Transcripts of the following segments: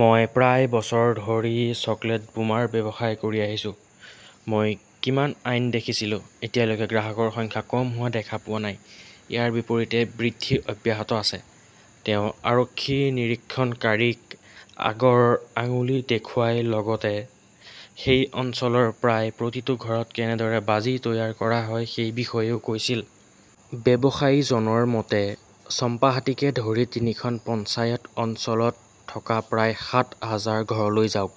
মই প্ৰায় বছৰ ধৰি চকলেট বোমাৰ ব্যৱসায় কৰি আহিছো। মই কিমান আইন দেখিছিলো। এতিয়ালৈকে গ্ৰাহকৰ সংখ্যা কম হোৱা দেখা পোৱা নাই। ইয়াৰ বিপৰীতে বৃদ্ধি অব্যাহত আছে। তেওঁ আৰক্ষী নিৰীক্ষণকাৰীক আগৰ আঙুলি দেখুৱাই লগতে সেই অঞ্চলৰ প্ৰায় প্ৰতিটো ঘৰত কেনেদৰে বাজি তৈয়াৰ কৰা হয় সেই বিষয়েও কৈছিল। ব্যৱসায়ীজনৰ মতে, চম্পাহাটিকে ধৰি তিনিখন পঞ্চায়ত অঞ্চলত থকা প্ৰায় সাত হাজাৰ ঘৰলৈ যাওক।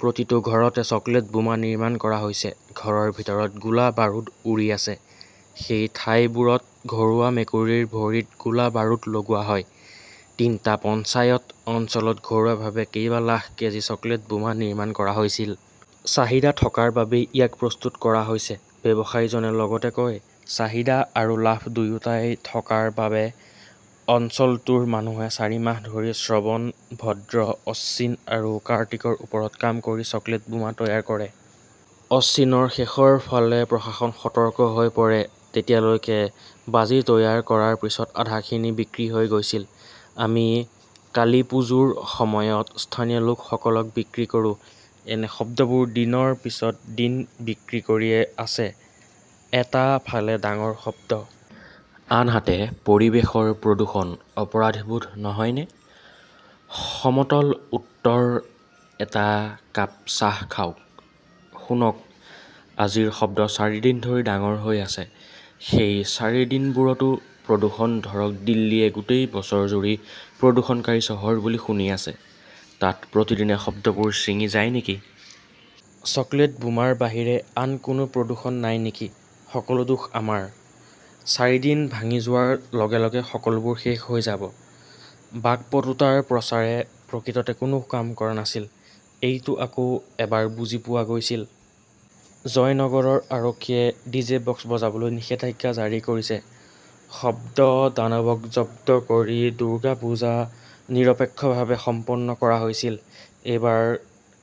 প্ৰতিটো ঘৰতে চকলেট বোমা নিৰ্মাণ কৰা হৈছে। ঘৰৰ ভিতৰত গোলা-বাৰুদ উৰি আছে। সেই ঠাইবোৰত ঘৰুৱা মেকুৰীৰ ভৰিত গোলা-বাৰুদ লগোৱা হয়। তিনিটা পঞ্চায়ত অঞ্চলত ঘৰুৱাভাৱে কেইবা লাখ কেজি চকলেট বোমা নিৰ্মাণ কৰা হৈছিল। চাহিদা থকাৰ বাবেই ইয়াক প্ৰস্তুত কৰা হৈছে। ব্যৱসায়ীজনে লগতে কয় চাহিদা আৰু লাভ দুয়োটাই থকাৰ বাবে অঞ্চলটোৰ মানুহে চাৰি মাহ ধৰি শ্ৰৱণ, ভদ্ৰ, অশ্বিন আৰু কাৰ্তিকৰ ওপৰত কাম কৰি চকলেট বোমা তৈয়াৰ কৰে। অশ্বিনৰ শেষৰ ফালে প্ৰশাসন সতৰ্ক হৈ পৰে। তেতিয়ালৈকে বাজি তৈয়াৰ কৰাৰ পিছত আধাখিনি বিক্ৰী হৈ গৈছিল। আমি কালীপুজোৰ সময়ত স্থানীয় লোকসকলক বিক্ৰী কৰো। এনে শব্দবোৰ দিনৰ পিছত দিন বিক্ৰী কৰি আছে। এটা ফালে ডাঙৰ শব্দ। আনহাতে, পৰিৱেশৰ প্ৰদূষণ। অপৰাধবোধ নহয়নে? সমতল উত্তৰ এটা কাপ চাহ খাওক। শুনক বাজিৰ শব্দ চাৰিদিন ধৰি ডাঙৰ হৈ আছে। সেই চাৰিদিনবোৰতো প্ৰদূষণ ধৰক দিল্লীয়ে গোটেই বছৰজুৰি প্ৰদূষণকাৰী চহৰ বুলি শুনি আছে। তাত প্ৰতিদিনে শব্দবোৰ ছিঙি যায় নেকি? চকলেট বোমাৰ বাহিৰে আন কোনো প্ৰদূষণ নাই নেকি? সকলো দোষ আমাৰ? চাৰিদিন ভাঙি যোৱাৰ লগে - লগে সকলোবোৰ শেষ হৈ যাব। বাকপটুতাৰ প্ৰচাৰে প্ৰকৃততে কোনো কাম কৰা নাছিল, এইটো আকৌ এবাৰ বুজি পোৱা গৈছিল। জয়নগৰৰ আৰক্ষীয়ে ডিজে বক্স বজাবলৈ নিষেধাজ্ঞা জাৰি কৰিছে শব্দদানৱক জব্দ কৰি দুৰ্গা পূজা নিৰপেক্ষভাৱে সম্পন্ন কৰা হৈছিল। এইবাৰ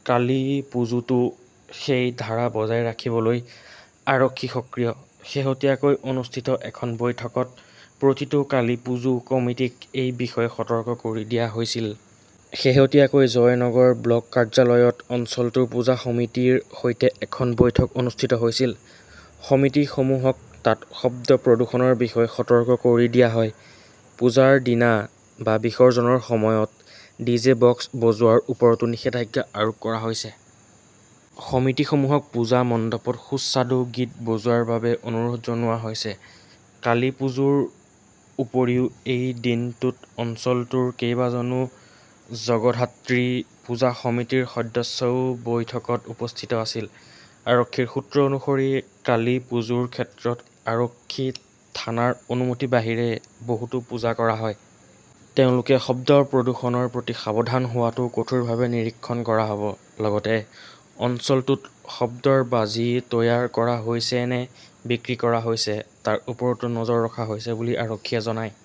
কালিপুজোতো সেই ধাৰা বজাই ৰাখিবলৈ আৰক্ষী সক্ৰিয়। শেহতীয়াকৈ অনুষ্ঠিত এখন বৈঠকত প্ৰতিটো কালীপুজো কমিটীক এই বিষয়ে সতৰ্ক কৰি দিয়া হৈছিল। শেহতীয়াকৈ জয়নগৰ ব্লক কাৰ্যালয়ত অঞ্চলটোৰ পূজা সমিতিৰ সৈতে এখন বৈঠক অনুষ্ঠিত হৈছিল। সমিতিসমূহক তাত শব্দ প্ৰদূষণৰ বিষয়ে সতৰ্ক কৰি দিয়া হয়। পূজাৰ দিনা বা বিসৰ্জনৰ সময়ত ডিজে বক্স বজোৱাৰ ওপৰতো নিষেধাজ্ঞা আৰোপ কৰা হৈছে। সমিতিসমূহক পূজা মণ্ডপত সুস্বাদু গীত বজোৱাৰ বাবে অনুৰোধ জনোৱা হৈছে। কালিপুজোৰ উপৰিও এই দিনটোত অঞ্চলটোৰ কেইবাজনো জগধাত্ৰী পূজা সমিতিৰ সদস্যও বৈঠকত উপস্থিত আছিল। আৰক্ষীৰ সূত্ৰ অনুসৰি, কালীপুজোৰ ক্ষেত্ৰত আৰক্ষী থানাৰ অনুমতিৰ বাহিৰে বহুতো পূজা কৰা হয়। তেওঁলোকে শব্দ প্ৰদূষণৰ প্ৰতি সাৱধান হোৱাটোও কঠোৰভাৱে নিৰীক্ষণ কৰা হব। লগতে অঞ্চলটোত শব্দৰ বাজি তৈয়াৰ কৰা হৈছে নে বিক্ৰী কৰা হৈছে তাৰ ওপৰতো নজৰ ৰখা হৈছে বুলি আৰক্ষীয়ে জনায়।